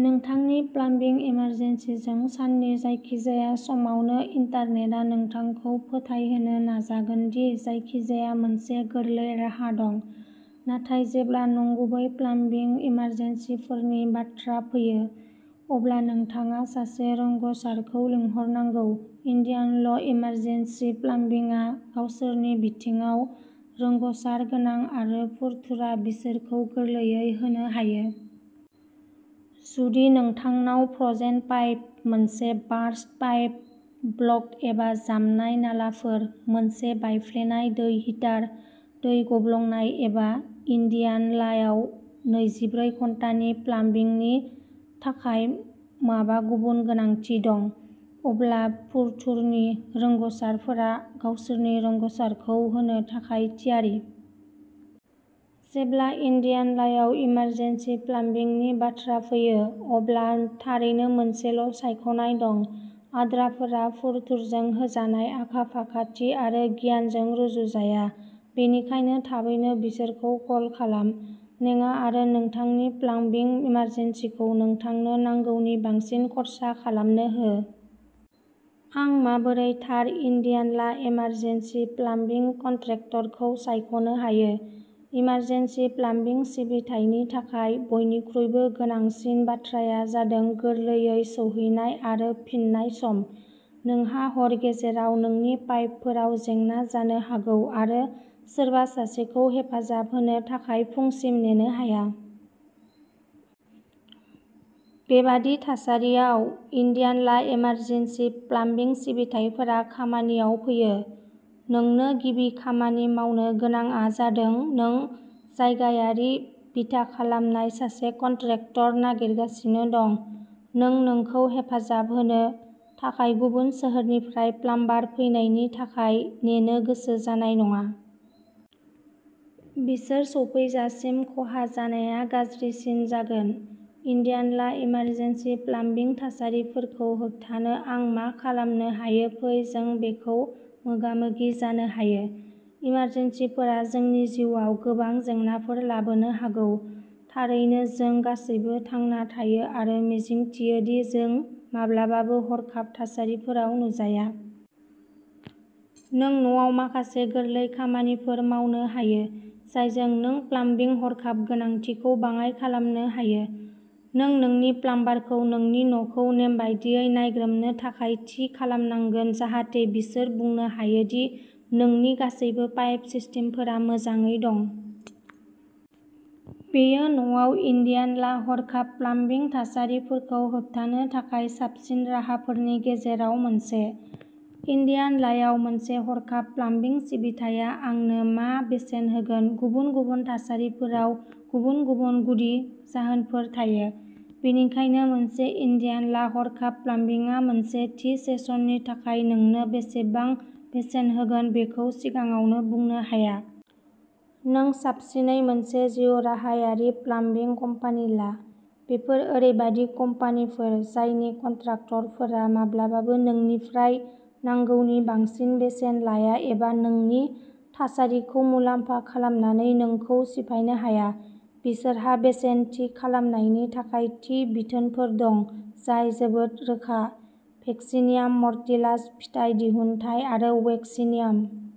नोंथांनि प्लाम्बिं इमारजेन्सिजों, साननि जायखिजाया समावनो, इन्टारनेटआ नोंथांखौ फोथायहोनो नाजागोन दि जायखिजाया मोनसे गोरलै राहा दं, नाथाय जेब्ला नंगुबै प्लाम्बिं इमारजेन्सिफोरनि बाथ्रा फैयो, अब्ला नोंथाङा सासे रोंग'सारखौ लिंहरनांगौ। इन्डियान'ला इमारजेन्सि प्लाम्बिंआ गावसोरनि बिथिङाव रोंग'सार गोनां, आरो फुरथुरा बिसोरखौ गोरलैयै होनो हायो। जुदि नोंथांनाव फ्र'जेन पाइप, मोनसे बारस्ट पाइप, ब्ल'क्ड एबा जामनाय नालाफोर, मोनसे बायफ्लेनाय दै हिटार, दै गब्लंनाय, एबा इन्डियान' लायाव नैजिब्रै घन्टानि प्लाम्बिंनि थाखाय माबा गुबुन गोनांथि दं, अब्ला फुरथुरनि रोंग'सारफोरा गावसोरनि रोंग' सारखौ होनो थाखाय थियारि। जेब्ला इन्डियान' लायाव इमारजेन्सि प्लाम्बिंनि बाथ्रा फैयो, अब्ला थारैनो मोनसेल' सायख'नाय दं। आद्राफोरा फुरथुरजों होजानाय आखा-फाखाथि आरो गियानजों रुजुजाया, बेनिखायनो थाबैनो बिसोरखौ कल खालाम। नेङा आरो नोंथांनि प्लाम्बिं इमारजेन्सिखौ नोंथांनो नांगौनि बांसिन खर्सा खालामनो हो। आं माबोरै थार इन्डियान'ला इमारजेन्सि प्लाम्बिं कन्ट्रेक्टरखौ सायख'नो हायो इमारजेन्सि प्लाम्बिं सिबिथायनि थाखाय, बयनिख्रुइबो गोनांसिन बाथ्राया जादों गोरलैयै सौहैनाय आरो फिननाय सम। नोंहा हर गेजेराव नोंनि पाइपफोराव जेंना जानो हागौ आरो सोरबा सासेखौ हेफाजाब होनो थाखाय फुंसिम नेनो हाया। बेबादि थासारियाव, इन्डियान'ला इमारजेन्सि प्लाम्बिं सिबिथाइफोरा खामानियाव फैयो। नोंनो गिबि खामानि मावनो गोनांआ जादों नों जायगायारि बिथा खालामनाय सासे कन्ट्रेक्टर नागिरगासिनो दं। नों नोंखौ हेफाजाब होनो थाखाय गुबुन सोहोरनिफ्राय प्लाम्बार फैनायनि थाखाय नेनो गोसो जानाय नङा। बिसोर सौफैजासिम, खहा जानाया गाज्रिसिन जागोन। इन्डियान'ला इमारजेन्सि प्लाम्बिं थासारिफोरखौ होबथानो आं मा खालामनो हायो फै जों बेखौ मोगा-मोगि जानो हायो, इमारजेन्सिफोरा जोंनि जिउआव गोबां जेंनाफोर लाबोनो हागौ। थारैनो, जों गासैबो थांना थायो आरो मिजिंथियो दि जों माब्लाबाबो हरखाब थासारिफोराव नुजाया। नों न'आव माखासे गोरलै खामानिफोर मावनो हायो, जायजों नों प्लाम्बिं हरखाब गोनांथिखौ बाङाइ खालामनो हायो। नों नोंनि प्लाम्बारखौ नोंनि न'खौ नेमबादियै नायग्रोमनो थाखाय थि खालामनांगोन जाहाथे बिसोर बुंनो हायो दि नोंनि गासैबो पाइप सिस्टेमफोरा मोजाङै दं। बेयो न'आव इन्डियान'ला हरखाब प्लाम्बिं थासारिफोरखौ होबथानो थाखाय साबसिन राहाफोरनि गेजेराव मोनसे। इन्डियान' लायाव मोनसे हरखाब प्लाम्बिं सिबिथाया आंनो मा बेसेन होगोन गुबुन गुबुन थासारिफोराव गुबुन गुबुन गुदि जाहोनफोर थायो। बेनिखायनो, मोनसे इन्डियान'ला हरखाब प्लाम्बिंआ मोनसे थि सेसननि थाखाय नोंनो बेसेबां बेसेन होगोन बेखौ सिगाङावनो बुंनो हाया। नों साबसिनै मोनसे जिउराहायारि प्लाम्बिं कम्पानि ला। बेफोर ओरैबायदि कम्पानिफोर जायनि कन्ट्राक्टरफोरा माब्लाबाबो नोंनिफ्राय नांगौनि बांसिन बेसेन लाया एबा नोंनि थासारिखौ मुलाम्फा खालामनानै नोंखौ सिफायनो हाया। बिसोरहा बेसेन थि खालामनायनि थाखाय थि बिथोनफोर दं, जाय जोबोद रोखा। भेक्सिनियाम मर्टिलास फिथाइ दिहुनथाय आरो वैक्सीनियाम।